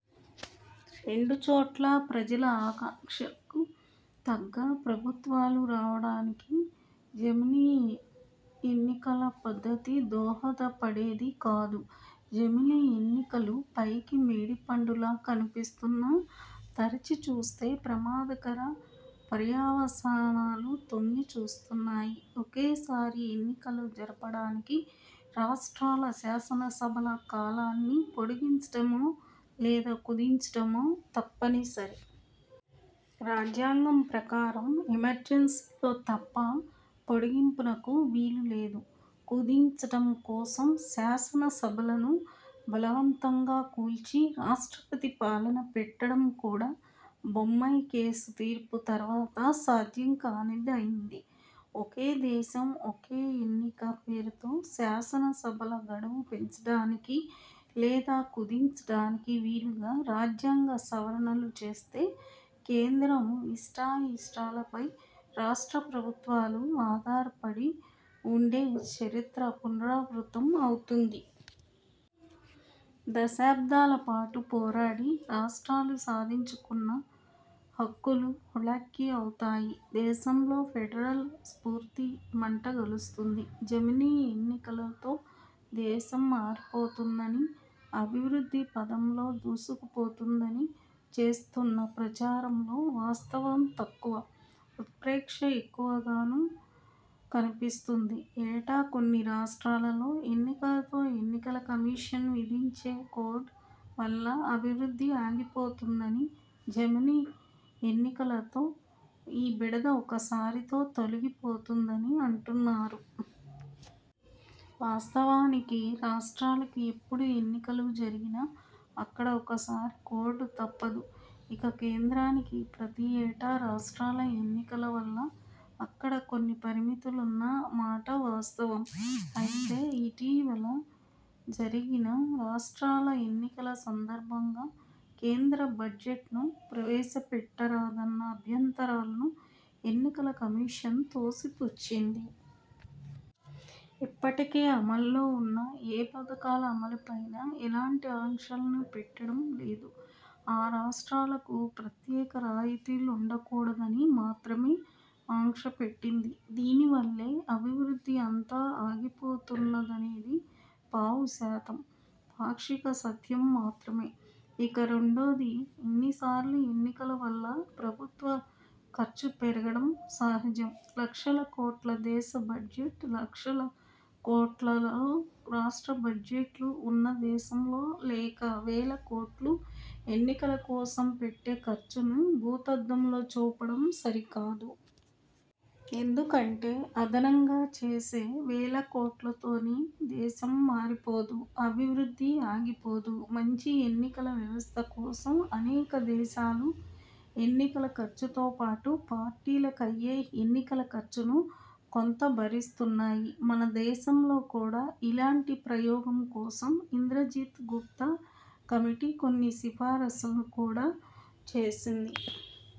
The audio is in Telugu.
రెండు చోట్లా ప్రజల ఆకాంక్షలకు తగ్గ ప్రభుత్వాలు రావడానికి జమిలి ఎన్నికల పద్ధతి దోహదపడేది కాదు. జమిలి ఎన్నికలు పైకి మేడి పండులా కనిపిస్తున్నా తరిచి చూస్తే ప్రమాదకర పర్యవసానాలు తొంగి చూస్తున్నాయి. ఒకేసారి ఎన్నికలు జరపడానికి రాష్ట్రాల శాసనసభల కాలాన్ని పొడిగించడమో లేదా కుదించడమో తప్పనిసరి. రాజ్యాంగం ప్రకారం ఎమర్జెన్సీలో తప్ప పొడిగింపునకు వీలులేదు. కుదించడం కోసం శాసనసభలను బలవంతంగా కూల్చి రాష్ట్రపతి పాలన పెట్టడం కూడా బొమ్మై కేసు తీర్పు తర్వాత సాధ్యంకానిదైంది. ఒకే దేశం -ఒకేఎన్నిక పేరుతో శాసనసభల గడువు పెంచడానికి లేదా కుదించడానికి వీలుగా రాజ్యాంగ సవరణలు చేస్తే కేంద్రం ఇష్టాయిష్టాలపై రాష్ట్ర ప్రభుత్వాలు ఆధారపడి వుండే చరిత్ర పునరావృత్తం అవుతుంది. దశాబ్దాల పాటు పోరాడి రాష్ట్రాలు సాధించుకున్న హక్కులు హుళక్కి అవుతాయి. దేశంలో ఫెడరల్ స్ఫూర్తి మంటగలుస్తుంది. జమిలి ఎన్నికలతో దేశం మారిపోతుందనీ, అభివృద్ధి పథంలో దూసుకుపోతుందని చేస్తున్న ప్రచారంలో వాస్తవం తక్కువ ఉత్ప్రేక్ష ఎక్కువగానూ కనిపిస్తున్నది. ఏటా కొన్ని రాష్ట్రాలలో ఎన్నికలతో ఎన్నికల కమిషన్ విధించే కోడ్ వల్ల అభివృద్ధి ఆగిపోతుందని జమిలి ఎన్నికలతో ఈ బెడద ఒకసారితో తొలిగిపోతుందనీ అంటున్నారు. వాస్తవానికి రాష్ట్రాలకు ఎప్పుడు ఎన్నికలు జరిగినా అక్కడ ఒకసారి కోడ్ తప్పదు. ఇక కేంద్రానికి ప్రతి ఏటా రాష్ట్రాల ఎన్నికల వల్ల అక్కడ కొన్ని పరిమితులున్న మాట వాస్తవం. అయితే ఇటీవల జరిగిన రాష్ట్రాల ఎన్నికల సందర్భంగా కేంద్ర బడ్జెట్ను ప్రవేశపెట్టరాదన్న అభ్యంతరాలను ఎన్నికల కమిషన్ తోసిపుచ్చింది. అప్పటికే అమలులోవున్న ఏ పథకాల అమలుపైనా ఎలాంటి ఆంక్షలను పెట్టడం లేదు. ఆ రాష్ట్రాలకు ప్రత్యేక రాయితీలుండకూడదని మాత్రమే ఆంక్షపెట్టింది. దీనివల్లే అభివృద్ధి అంతా ఆగిపోతున్నదనేది పావుశాతం పాక్షిక సత్యం మాత్రమే. ఇక రెండోది ఇన్నిసార్లు ఎన్నికల వల్ల ప్రభుత్వ ఖర్చు పెరగడం సహజం. లక్షల కోట్ల దేశ బడ్జెట్, లక్షల కోట్లలో రాష్ట్ర బడ్జెట్లు వున్న దేశంలో లేక వేలకోట్లు ఎన్నికల కోసం పెట్టే ఖర్చును భూతద్దంలో చూపడం సరికాదు. ఎందుకంటే అదనంగా చేసే, వేల కోట్లుతోనే దేశం మారిపోదు, అభివృద్ధి ఆగిపోదు. మంచి ఎన్నికల వ్యవస్థ కోసం అనేక దేశాలు ఎన్నికల ఖర్చుతో పాటు పార్టీలకు అయ్యే ఎన్నికల ఖర్చును కొంత భరిస్తున్నాయి. మనదేశంలో కూడా ఇలాంటి ప్రయోగం కోసం ఇంద్రజిత్ గుప్తా కమిటీ కొన్ని సిఫారసులు కూడా చేసింది.